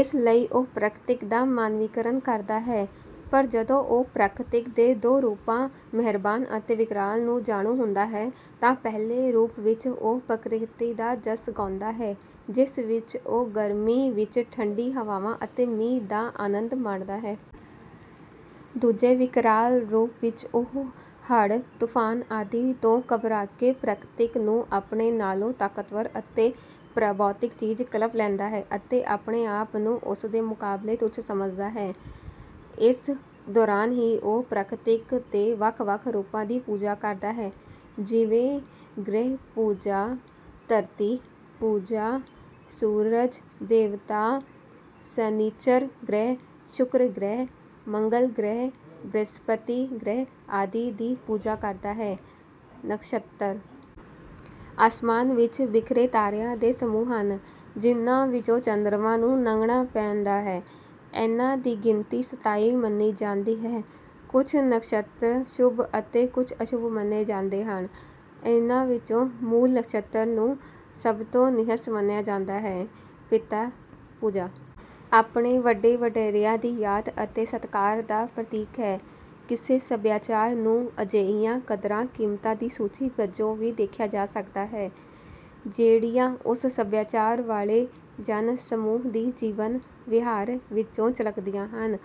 ਇਸ ਲਈ ਉਹ ਪ੍ਰਕਿਰਤੀ ਦਾ ਮਾਨਵੀਕਰਨ ਕਰਦਾ ਹੈ। ਪਰ ਜਦੋਂ ਉਹ ਪ੍ਰਕਿਰਤੀ ਦੇ ਦੋ ਰੂਪਾਂ ਮਿਹਰਬਾਨ ਅਤੇ ਵਿਕਰਾਲ ਤੋਂ ਜਾਣੂ ਹੁੰਦਾ ਹੈ, ਤਾਂ ਪਹਿਲੇ ਰੂਪ ਵਿੱਚ ਉਹ ਪ੍ਰਕਿਰਤੀ ਦਾ ਜਸ ਗਾਉਂਦਾ ਹੈ, ਜਿਸ ਵਿੱਚ ਉਹ ਗਰਮੀ ਵਿੱਚ ਠੰਢੀਆਂ ਹਵਾਵਾਂ ਅਤੇ ਮੀਂਹ ਦਾ ਆਨੰਦ ਮਾਣਦਾ ਹੈ। ਦੂਜੇ, ਵਿਕਰਾਲ ਰੂਪ ਵਿੱਚ ਉਹ ਹੜ੍ਹ, ਤੂਫ਼ਾਨ ਆਦਿ ਤੋਂ ਘਬਰਾ ਕੇ ਪ੍ਰਕਿਰਤੀ ਨੂੰ ਆਪਣੇ ਨਾਲੋਂ ਤਾਕਤਵਰ ਅਤੇ ਪਰਾਭੌਤਿਕ ਚੀਜ਼ ਕਲਪ ਲੈਂਦਾ ਹੈ ਅਤੇ ਆਪਣੇ ਆਪ ਨੂੰ ਉਸ ਦੇ ਮੁਕਾਬਲੇ ਤੁੱਛ ਸਮਝਦਾ ਹੈ। ਇਸ ਦੌਰਾਨ ਹੀ ਉਹ ਪ੍ਰਕਿਰਤੀ ਦੇ ਵੱਖ-ਵੱਖ ਰੂਪਾਂ ਦੀ ਪੂਜਾ ਕਰਦਾ ਹੈ, ਜਿਵੇਂ—ਗ੍ਰਹਿ-ਪੂਜਾ, ਧਰਤੀ-ਪੂਜਾ, ਸੂਰਜ-ਦੇਵਤਾ, ਸ਼ਨਿਚਰ ਗ੍ਰਹਿ, ਸ਼ੁੱਕਰ ਗ੍ਰਹਿ, ਮੰਗਲ ਗ੍ਰਹਿ, ਬ੍ਰਹਿਸਪਤੀ ਗ੍ਰਹਿ ਆਦਿ ਦੀ ਪੂਜਾ ਕਰਦਾ ਹੈ। ਨਕਸ਼ਤਰ ਅਸਮਾਨ ਵਿੱਚ ਬਿਖਰੇ ਤਾਰਿਆਂ ਦੇ ਸਮੂਹ ਹਨ, ਜਿਨ੍ਹਾਂ ਵਿੱਚੋਂ ਚੰਦਰਮਾ ਨੂੰ ਲੰਘਣਾ ਪੈਂਦਾ ਹੈ। ਇਨ੍ਹਾਂ ਦੀ ਗਿਣਤੀ ਸਤਾਈ ਮੰਨੀ ਜਾਂਦੀ ਹੈ। ਕੁਝ ਨਕਸ਼ਤਰ ਸ਼ੁਭ ਅਤੇ ਕੁਝ ਅਸ਼ੁਭ ਮੰਨੇ ਜਾਂਦੇ ਹਨ। ਇਨ੍ਹਾਂ ਵਿੱਚੋਂ ਮੂਲ ਨਕਸ਼ਤਰ ਨੂੰ ਸਭ ਤੋਂ ਨਹਿਸ ਮੰਨਿਆ ਜਾਂਦਾ ਹੈ। ਪਿਤਰ-ਪੂਜਾ ਆਪਣੇ ਵੱਡੇ-ਵਡੇਰਿਆਂ ਦੀ ਯਾਦ ਅਤੇ ਸਤਿਕਾਰ ਦਾ ਪ੍ਰਤੀਕ ਹੈ। ਕਿਸੇ ਸਭਿਆਚਾਰ ਨੂੰ ਅਜਿਹੀਆਂ ਕਦਰਾਂ-ਕੀਮਤਾਂ ਦੀ ਸੂਚੀ ਵਜੋਂ ਵੀ ਦੇਖਿਆ ਜਾ ਸਕਦਾ ਹੈ, ਜਿਹੜੀਆਂ ਉਸ ਸਭਿਆਚਾਰ ਵਾਲੇ ਜਨ-ਸਮੂਹ ਦੇ ਜੀਵਨ-ਵਿਹਾਰ ਵਿੱਚੋਂ ਝਲਕਦੀਆਂ ਹਨ।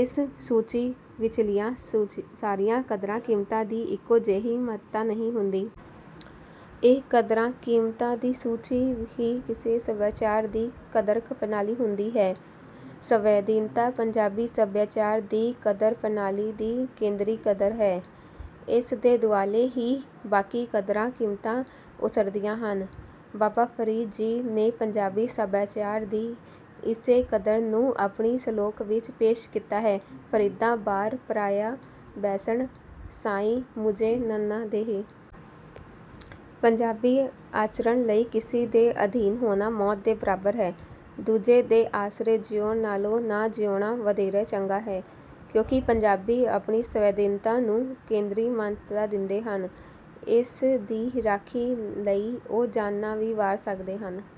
ਇਸ ਸੂਚੀ ਵਿੱਚਲੀਆਂ ਸਾਰੀਆਂ ਕਦਰਾਂ-ਕੀਮਤਾਂ ਦੀ ਇੱਕੋ ਜਿਹੀ ਮਹੱਤਤਾ ਨਹੀਂ ਹੁੰਦੀ। ਇਹ ਕਦਰਾਂ-ਕੀਮਤਾਂ ਦੀ ਸੂਚੀ ਹੀ ਕਿਸੇ ਸਭਿਆਚਾਰ ਦੀ ਕਦਰ-ਪ੍ਰਣਾਲੀ ਹੁੰਦੀ ਹੈ। ਸਵੈਧੀਨਤਾ ਪੰਜਾਬੀ ਸਭਿਆਚਾਰ ਦੀ ਕਦਰ-ਪ੍ਰਣਾਲੀ ਦੀ ਕੇਂਦਰੀ ਕਦਰ ਹੈ। ਇਸ ਦੇ ਦੁਆਲੇ ਹੀ ਬਾਕੀ ਕਦਰਾਂ-ਕੀਮਤਾਂ ਉਸਰਦੀਆਂ ਹਨ। ਬਾਬਾ ਫ਼ਰੀਦ ਜੀ ਨੇ ਪੰਜਾਬੀ ਸਭਿਆਚਾਰ ਦੀ ਇਸੇ ਕਦਰ ਨੂੰ ਆਪਣੇ ਸਲੋਕ ਵਿੱਚ ਪੇਸ਼ ਕੀਤਾ ਹੈ ਫਰੀਦਾ ਬਾਰਿ ਪਰਾਇਐ ਬੈਸਣਾ, ਸਾਈਂ ਮੁਝੈ ਨ ਦੇਹਿ। ਪੰਜਾਬੀ ਆਚਰਨ ਲਈ ਕਿਸੇ ਦੇ ਅਧੀਨ ਹੋਣਾ ਮੌਤ ਦੇ ਬਰਾਬਰ ਹੈ। ਦੂਜੇ ਦੇ ਆਸਰੇ ਜੀਊਣ ਨਾਲੋਂ ਨਾ ਜੀਊਣਾ ਵਧੇਰੇ ਚੰਗਾ ਹੈ, ਕਿਉਂਕਿ ਪੰਜਾਬੀ ਆਪਣੀ ਸਵੈਧੀਨਤਾ ਨੂੰ ਕੇਂਦਰੀ ਮਹੱਤਤਾ ਦਿੰਦੇ ਹਨ। ਇਸ ਦੀ ਰਾਖੀ ਲਈ ਉਹ ਜਾਨਾਂ ਵੀ ਵਾਰ ਸਕਦੇ ਹਨ।